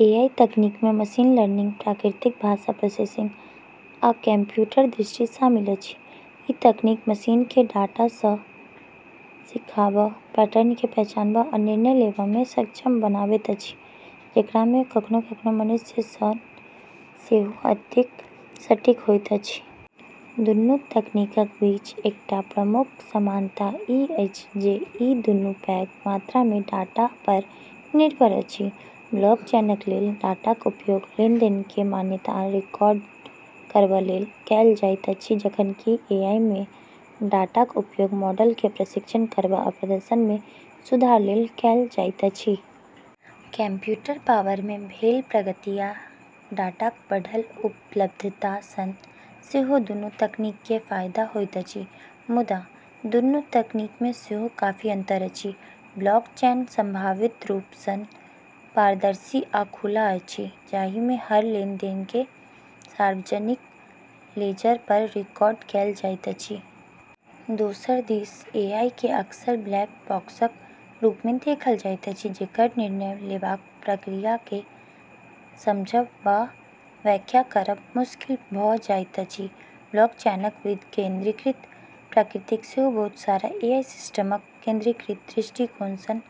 AI तकनीकमे machine learning, प्राकृतिक भाषा प्रोसेसिंग, आ कंप्यूटर दृष्टि शामिल अछि। ई तकनीक मशीनकेँ डाटा सँ सीखबा, पैटर्नकेँ पहचानबा आ निर्णय लेबामे सक्षम बनाबैत अछि, जेकरामे कखनो-कखनो मनुष्य सँ सेहो अधिक सटीक होइत अछि। दुनू तकनीकक बीच एकटा प्रमुख समानता ई अछि जे ई दुनू पैघ मात्रामे डाटा पर निर्भर अछि। ब्लॉकचेनक लेल, डाटाक उपयोग लेनदेनकेँ मान्य आ रिकॉर्ड करबा लेल कएल जाइत अछि जखन कि एआईमे, डाटाक उपयोग मॉडलकेँ प्रशिक्षित करबा आ प्रदर्शनमे सुधार लेल कएल जाइत अछि। कंप्यूटिंग पावरमे भेल प्रगति आ डाटाक बढ़ल उपलब्धता सँ सेहो दुनू तकनीककेँ फायदा होइत अछि। मुदा, दुनू तकनीकमे सेहो काफी अंतर अछि। ब्लॉकचेन स्वाभाविक रूप सँ पारदर्शी आ खुला अछि, जाहिमे हर लेनदेनकेँ सार्वजनिक लेजर पर रिकॉर्ड कएल जाइत अछि। दोसर दिस एआईकेँ अक्सर ब्लैक बॉक्सक रूपमे देखल जाइत अछि, जेकर निर्णय लेबाक प्रक्रियाकेँ समझब वा व्याख्या करब मुश्किल भ’ जाइत अछि। ब्लॉकचेनक विकेंद्रीकृत प्रकृति सेहो बहुत सारा एआई सिस्टमक केंद्रीकृत दृष्टिकोण सँ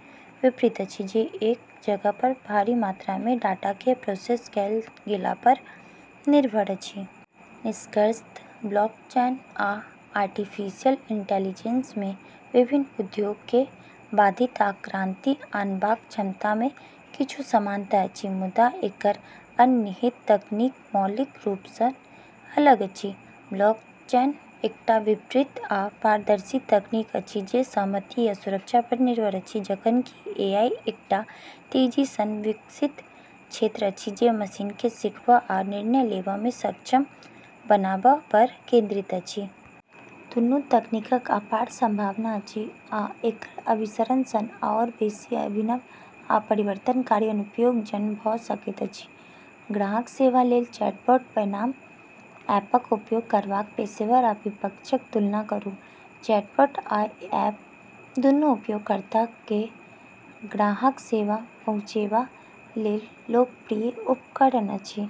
विपरीत अछि, जे एक जगह पर भारी मात्रामे डाटाकेँ प्रोसेस कएल गेला पर निर्भर अछि। निष्कर्षतः, ब्लॉकचेन आ आर्टिफिशियल इंटेलिजेंसमे विभिन्न उद्योगकेँ बाधित आ क्रांति आनबाक क्षमतामे किछु समानता अछि, मुदा एकर अंतर्निहित तकनीक मौलिक रूप सँ अलग अछि। ब्लॉकचेन एकटा वितरित आ पारदर्शी तकनीक अछि जे सहमति आ सुरक्षा पर निर्भर अछि, जखन कि एआई एकटा तेजी सँ विकसित क्षेत्र अछि जे मशीनकेँ सीखबा आ निर्णय लेबामे सक्षम बनाबा पर केंद्रित अछि। दुनू तकनीकक अपार संभावना अछि, आ एकर अभिसरण सँ आओर बेसि अभिनव आ परिवर्तनकारी अनुप्रयोगक जन्म भ’ सकैत अछि। ग्राहक सेवा लेल चैटबोट बनाम ऐपक उपयोग करबाक पेशेवर आ विपक्षक तुलना करू। चैटबोट आ ऐप दुनू उपयोगकर्ताकेँ ग्राहक सेवा पहुँचेबा लेल लोकप्रिय उपकरण अछि।